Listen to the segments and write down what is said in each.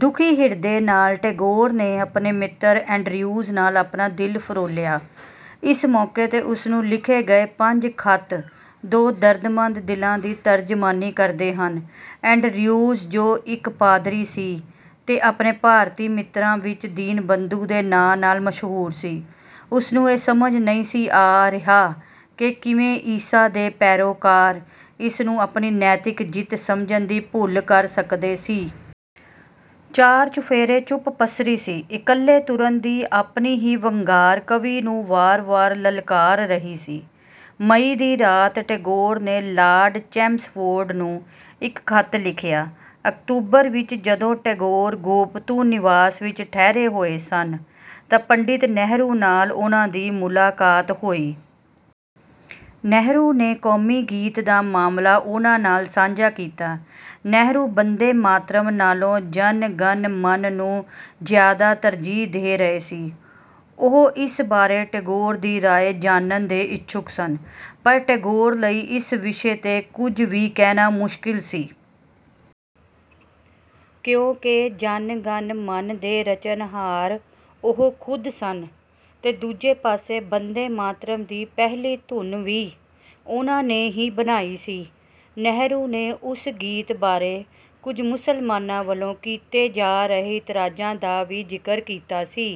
ਦੁਖੀ ਹਿਰਦੇ ਨਾਲ ਟੈਗੋਰ ਨੇ ਆਪਣੇ ਮਿੱਤਰ ਐਂਡਰਿਉਜ਼ ਨਾਲ ਆਪਣਾ ਦਿਲ ਫ਼ਰੋਲਿਆ। ਇਸ ਮੌਕੇ 'ਤੇ ਉਸਨੂੰ ਲਿਖੇ ਗਏ ਪੰਜ ਖਤ ਦੋ ਦਰਦਮੰਦ ਦਿਲਾਂ ਦੀ ਤਰਜ਼ਮਾਨੀ ਕਰਦੇ ਹਨ। ਐਂਡਰਿਉਜ਼ ਜੋ ਇੱਕ ਪਾਦਰੀ ਸੀ, ਤੇ ਆਪਣੇ ਭਾਰਤੀ ਮਿੱਤਰਾਂ ਵਿੱਚ ਦੀਨਬੰਧੂ ਦੇ ਨਾਂ ਨਾਲ ਮਸ਼ਹੂਰ ਸੀ, ਉਸਨੂੰ ਇਹ ਸਮਝ ਨਹੀਂ ਸੀ ਆ ਰਿਹਾ ਕਿ ਕਿਵੇਂ "ਈਸਾ ਦੇ ਪੈਰੋਕਾਰ" ਇਸਨੂੰ ਆਪਣੀ ਨੈਤਿਕ ਜਿੱਤ ਸਮਝਣ ਦੀ ਭੁੱਲ ਕਰ ਸਕਦੇ ਸੀ। ਚਾਰ-ਚੁਫ਼ੇਰੇ ਚੁੱਪ ਪਸਰੀ ਸੀ, ਇਕੱਲੇ ਤੁਰਣ ਦੀ ਆਪਣੀ ਹੀ ਵੰਗਾਰ ਕਵੀ ਨੂੰ ਵਾਰ-ਵਾਰ ਲਲਕਾਰ ਰਹੀ ਸੀ। ਮਈ ਦੀ ਰਾਤ ਟੈਗੋਰ ਨੇ ਲਾਰਡ ਚੈਮਸਫ਼ੋਰਡ ਨੂੰ ਇੱਕ ਖਤ ਲਿਖਿਆ। ਅਕਤੂਬਰ ਵਿੱਚ ਜਦੋਂ ਟੈਗੋਰ ਗੋਪਤੂ ਨਿਵਾਸ ਵਿੱਚ ਠਹਿਰੇ ਹੋਏ ਸਨ ਤਾਂ ਪੰਡਿਤ ਨਹਿਰੂ ਨਾਲ ਉਨ੍ਹਾ ਦੀ ਮੁਲਾਕਾਤ ਹੋਈ। ਨਹਿਰੂ ਨੇ ਕੌਮੀ ਗੀਤ ਦਾ ਮਾਮਲਾ ਉਨ੍ਹਾ ਨਾਲ ਸਾਂਝਾ ਕੀਤਾ। ਨਹਿਰੂ ਬੰਦੇ-ਮਾਤਰਮ ਨਾਲੋਂ ਜਨ-ਗਣ-ਮਨ ਨੂੰ ਜ਼ਿਆਦਾ ਤਰਜ਼ੀਹ ਦੇ ਰਹੇ ਸੀ, ਉਹ ਇਸ ਬਾਰੇ ਟੈਗੋਰ ਦੀ ਰਾਇ ਜਾਣਨ ਦੇ ਇਛੁਕ ਸਨ। ਪਰ ਟੈਗੋਰ ਲਈ ਇਸ ਵਿਸ਼ੇ 'ਤੇ ਕੁਝ ਵੀ ਕਹਿਣਾ ਮੁਸ਼ਕਿਲ ਸੀ। ਕਿਉਂਕਿ ਜਨ-ਗਣ-ਮਨ ਦੇ ਰਚਣਹਾਰ ਉਹ ਖੁਦ ਸਨ ਤੇ ਦੂਜੇ ਪਾਸੇ ਬੰਦੇ-ਮਾਤਰਮ ਦੀ ਪਹਿਲੀ ਧੁਨ ਵੀ ਉਨ੍ਹਾ ਨੇ ਹੀ ਬਣਾਈ ਸੀ। ਨਹਿਰੂ ਨੇ ਉਸ ਗੀਤ ਬਾਰੇ ਕੁਝ ਮੁਸਲਮਾਨਾਂ ਵੱਲੋਂ ਕੀਤੇ ਜਾ ਰਹੇ ਇਤਰਾਜ਼ਾਂ ਦਾ ਵੀ ਜ਼ਿਕਰ ਕੀਤਾ ਸੀ।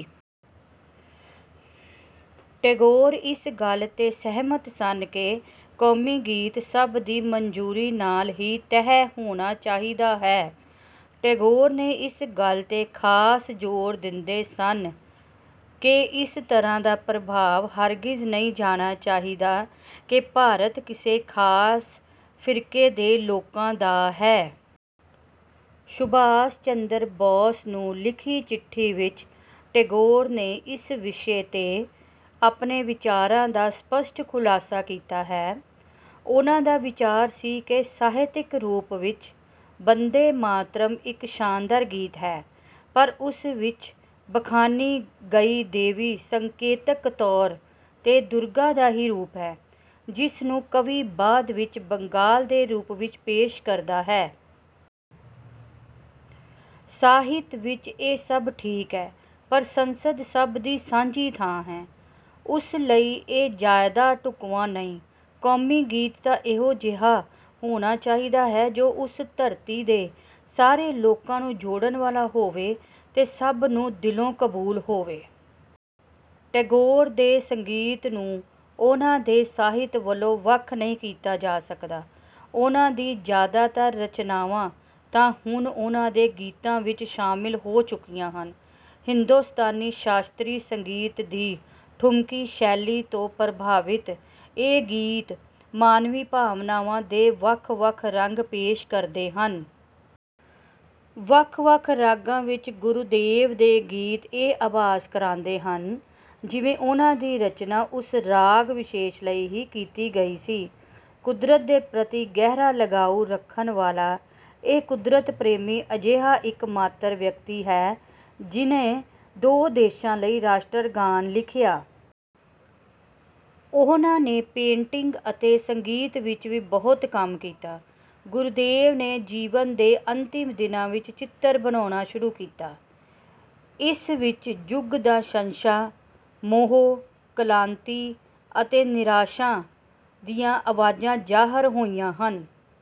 ਟੈਗੋਰ ਇਸ ਗੱਲ 'ਤੇ ਸਹਿਮਤ ਸਨ ਕਿ ਕੌਮੀ ਗੀਤ ਸਭ ਦੀ ਮੰਜ਼ੂਰੀ ਨਾਲ ਹੀ ਤਹਿ ਹੋਣਾ ਚਾਹੀਦਾ ਹੈ। ਟੈਗੋਰ ਨੇ ਇਸ ਗੱਲ 'ਤੇ ਖਾਸ ਜ਼ੋਰ ਦਿੰਦੇ ਸਨ ਕਿ ਇਸ ਤਰ੍ਹਾਂ ਦਾ ਪ੍ਰਭਾਵ ਹਰਗਿਜ਼ ਨਹੀਂ ਜਾਣਾ ਚਾਹੀਦਾ ਕਿ ਭਾਰਤ ਕਿਸੇ ਖਾਸ ਫ਼ਿਰਕੇ ਦੇ ਲੋਕਾਂ ਦਾ ਹੈ। ਸੁਭਾਸ਼ ਚੰਦਰ ਬੋਸ ਨੂੰ ਲਿਖੀ ਚਿੱਠੀ ਵਿੱਚ ਟੈਗੋਰ ਨੇ ਇਸ ਵਿਸ਼ੇ 'ਤੇ ਆਪਣੇ ਵਿਚਾਰਾਂ ਦਾ ਸਪਸ਼ਟ ਖੁਲਾਸਾ ਕੀਤਾ ਹੈ। ਉਨ੍ਹਾ ਦਾ ਵਿਚਾਰ ਸੀ ਕਿ ਸਾਹਿਤਕ ਰੂਪ ਵਿੱਚ ਬੰਦੇ-ਮਾਤਰਮ ਇੱਕ ਸ਼ਾਨਦਾਰ ਗੀਤ ਹੈ ਪਰ ਉਸ ਵਿੱਚ ਬਖਾਨੀ ਗਈ ਦੇਵੀ ਸੰਕੇਤਕ ਤੌਰ 'ਤੇ ਦੁਰਗਾ ਦਾ ਹੀ ਰੂਪ ਹੈ, ਜਿਸਨੂੰ ਕਵੀ ਬਾਦ ਵਿੱਚ ਬੰਗਾਲ ਦੇ ਰੂਪ ਵਿੱਚ ਪੇਸ਼ ਕਰਦਾ ਹੈ। ਸਾਹਿਤ ਵਿੱਚ ਇਹ ਸਭ ਠੀਕ ਹੈ ਪਰ ਸੰਸਦ ਸਭ ਦੀ ਸਾਂਝੀ ਥਾਂ ਹੈ ਉਸ ਲਈ ਇਹ ਜ਼ਿਆਦਾ ਢੁਕਵਾਂ ਨਹੀਂ। ਕੌਮੀ ਗੀਤ ਤਾਂ ਇਹੋ ਜਿਹਾ ਹੋਣਾ ਚਾਹੀਦਾ ਹੈ ਜੋ ਉਸ ਧਰਤੀ ਦੇ ਸਾਰੇ ਲੋਕਾਂ ਨੂੰ ਜੋੜਨ ਵਾਲਾ ਹੋਵੇ ਤੇ ਸਭ ਨੂੰ ਦਿਲੋਂ ਕਬੂਲ ਹੋਵੇ। ਟੈਗੋਰ ਦੇ ਸੰਗੀਤ ਨੂੰ ਉਨ੍ਹਾਂ ਦੇ ਸਾਹਿਤ ਵਲੋਂ ਵੱਖ ਨਹੀਂ ਕੀਤਾ ਜਾ ਸਕਦਾ। ਉਨ੍ਹਾਂ ਦੀ ਜਿਆਦਾਤਰ ਰਚਨਾਵਾਂ ਤਾਂ ਹੁਣ ਉਨ੍ਹਾਂ ਦੇ ਗੀਤਾਂ ਵਿੱਚ ਸ਼ਾਮਿਲ ਹੋ ਚੁੱਕੀਆਂ ਹਨ। ਹਿੰਦੁਸਤਾਨੀ ਸ਼ਾਸਤਰੀ ਸੰਗੀਤ ਦੀ ਠੁਮਰੀ ਸ਼ੈਲੀ ਤੋਂ ਪ੍ਰਭਾਵਿਤ ਇਹ ਗੀਤ ਮਾਨਵੀ ਭਾਵਨਾਵਾਂ ਦੇ ਵੱਖ-ਵੱਖ ਰੰਗ ਪੇਸ਼ ਕਰਦੇ ਹਨ। ਵੱਖ-ਵੱਖ ਰਾਗਾਂ ਵਿੱਚ ਗੁਰੁਦੇਵ ਦੇ ਗੀਤ ਇਹ ਆਭਾਸ ਕਰਾਂਦੇ ਹਨ ਜਿਵੇਂ ਉਨ੍ਹਾਂ ਦੀ ਰਚਨਾ ਉਸ ਰਾਗ ਵਿਸ਼ੇਸ਼ ਲਈ ਹੀ ਕੀਤੀ ਗਈ ਸੀ। ਕੁਦਰਤ ਦੇ ਪ੍ਰਤੀ ਗਹਿਰਾ ਲਗਾਉ ਰੱਖਣ ਵਾਲਾ ਇਹ ਕੁਦਰਤ ਪ੍ਰੇਮੀ ਅਜਿਹਾ ਇੱਕਮਾਤਰ ਵਿਅਕਤੀ ਹੈ ਜਿਨ੍ਹੇ ਦੋ ਦੇਸ਼ਾਂ ਲਈ ਰਾਸ਼ਟਰਗਾਨ ਲਿਖਿਆ। ਉਹਨਾਂ ਨੇ ਪੈਂਟਿੰਗ ਅਤੇ ਸੰਗੀਤ ਵਿੱਚ ਵੀ ਬਹੁਤ ਕੰਮ ਕੀਤਾ। ਗੁਰੁਦੇਵ ਨੇ ਜੀਵਨ ਦੇ ਅੰਤਮ ਦਿਨਾਂ ਵਿੱਚ ਚਿੱਤਰ ਬਣਾਉਣਾ ਸ਼ੁਰੂ ਕੀਤਾ। ਇਸ ਵਿੱਚ ਯੁੱਗ ਦਾ ਸੰਸ਼ਾ, ਮੋਹ, ਕਲਾਂਤੀ ਅਤੇ ਨਿਰਾਸ਼ਾ ਦੀਆਂ ਆਵਾਜਾਂ ਜ਼ਾਹਰ ਹੋਈਆਂ ਹਨ।